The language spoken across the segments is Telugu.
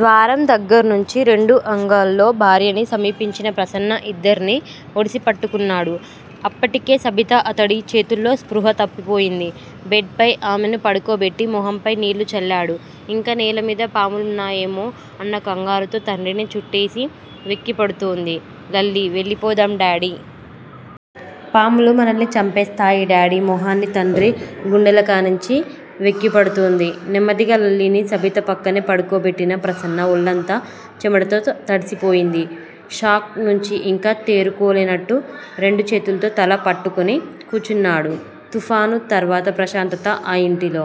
ద్వారం దగ్గర్నుంచి రెండు అంగల్లో భార్యని సమీపించిన ప్రసన్న ఇద్దర్నీ ఒడిసిపట్టుకున్నాడు. అప్పటికే సబిత అతడి చేతుల్లో స్పృహ తప్పిపోయింది. బెడ్ పై ఆమెను పడుకోబెట్టి మొహంపై నీళ్ళు చల్లాడు ఇంకా నేలమీద పాములున్నాయేమో అన్న కంగారుతో తండ్రిని చుట్టేసి వెక్కిపడుతూంది లల్లీ వెళ్ళిపోదాం డాడీ. పాములు మనల్ని చంపేస్తాయి డాడీ మొహాన్ని తండ్రి గుండెలకానించి వెక్కిపడుతూంది. నెమ్మదిగా లల్లీని సబిత పక్కనే పడుకోబెట్టిన ప్రసన్న ఒళ్ళంతా చెమటతో తడిసిపోయింది. షాక్ నుంచి ఇంకా తేరుకోలేనట్టు రెండు చేతుల్తో తల పట్టుకుని కూచున్నాడు తుఫాను తర్వాత ప్రశాంతత ఆ ఇంటిలో.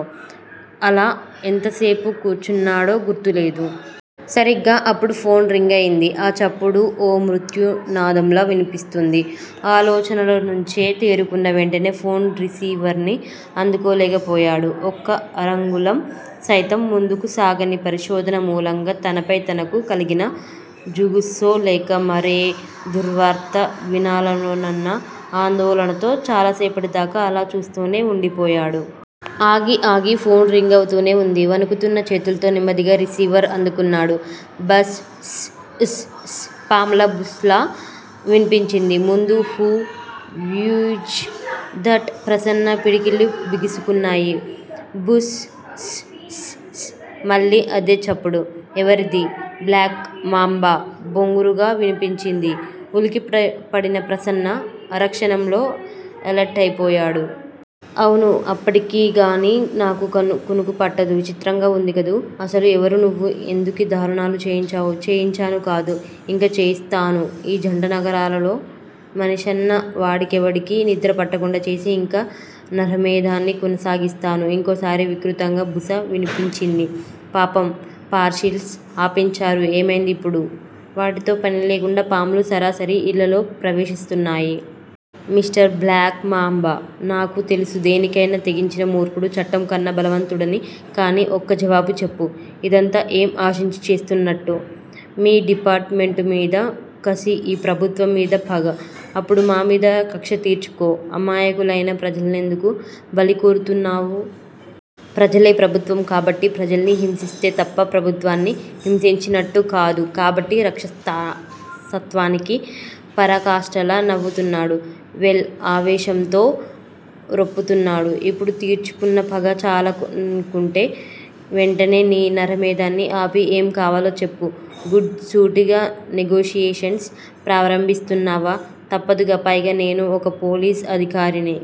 అలా ఎంతసేపు కూర్చున్నాడో గుర్తులేదు. సరిగ్గా అప్పుడు ఫోన్ రింగయింది ఆ చప్పుడు ఓ మృత్యునాదంలా వినిపిస్తూంది ఆలోచనలనుంచే తేరుకున్నా వెంటనే ఫోన్ రిసీవర్ని అందుకోలేకపోయాడు ఒక్క అరంగుళం సైతం ముందుకు సాగని పరిశోధన మూలంగా తనపై తనకు కలిగిన జుగుస్సో లేక మరే దుర్వార్త వినాలోనన్న ఆందోళనతో చాలా సేపటిదాకా అలా చూస్తూనే వుండిపోయాడు. ఆగి ఆగి ఫోన్ రింగవుతూనే వుంది. వణుకుతున్న చేతుల్తో నెమ్మదిగా రిసీవర్ అందుకున్నాడు. బుస్ స్ స్ స్ పాములా బుసలా వినిపించింది ముందు హు యీజ్ దట్ ప్రసన్న పిడికిళ్ళు బిగుసుకున్నాయి. బుస్ స్ స్ స్ మళ్ళీ అదే చప్పుడు. ఎవరది? బ్లాక్ మాంబా బొంగురుగా వినిపించింది ఉలికిపడిన ప్రసన్న అరక్షణంలో ఎలర్టయిపోయాడు. అవును అప్పటికిగాని నాకు కునుకు పట్టదు చిత్రంగా వుందికదూ. అసలు ఎవరు నువ్వు? ఎందుకీ దారుణాలు చేయించావు? చేయించానూ కాదు ఇంకా చేస్తాను ఈ జంటనగరాలలో మనిషన్న వాడికెవడికీ నిద్రపట్టకుండా చేసి ఇంకా నరమేధాన్ని కొనసాగిస్తాను ఇంకోసారి వికృతంగా బుస వినిపించింది. పాపం పార్శిల్స్ ఆపించారు ఏమైంది ఇప్పుడు వాటితో పనిలేకుండా పాములు సరాసరి ఇళ్ళలో ప్రవేశిస్తున్నాయి. Mister black mamba. నాకు తెలుసు దేనికైనా తెగించిన మూర్ఖుడు చట్టంకన్నా బలవంతుడని కాని ఒక్క జవాబు చెప్పు. ఇదంతా ఏం ఆశించి చేస్తున్నట్టు? మీ డిపార్ట్ మెంటుమీద కసి ఈ ప్రభుత్వం మీద పగ. అప్పుడు మామీద కక్ష తీర్చుకో. అమాయకులైన ప్రజల్నెందుకు బలికోరుతున్నావు? ప్రజలే ప్రభుత్వం కాబట్టి ప్రజల్ని హింసిస్తే తప్ప ప్రభుత్వాన్ని హింసించినట్టుకాదు కాబట్టి రాక్షసత్వానికి పరాకాష్టలా నవ్వుతున్నాడు. వెల్ ఆవేశంతో రొప్పుతున్నాడు. ఇప్పుడు తీర్చుకున్న పగ చాలనుకుంటే వెంటనే నీ నరమేధాన్ని ఆపి ఏం కావాలో చెప్పు గుడ్ సూటిగా నెగోషియేషన్స్ ప్రారంభిస్తున్నావా? తప్పదుగా పైగా నేనూ ఒక పోలీసు అధికారినే?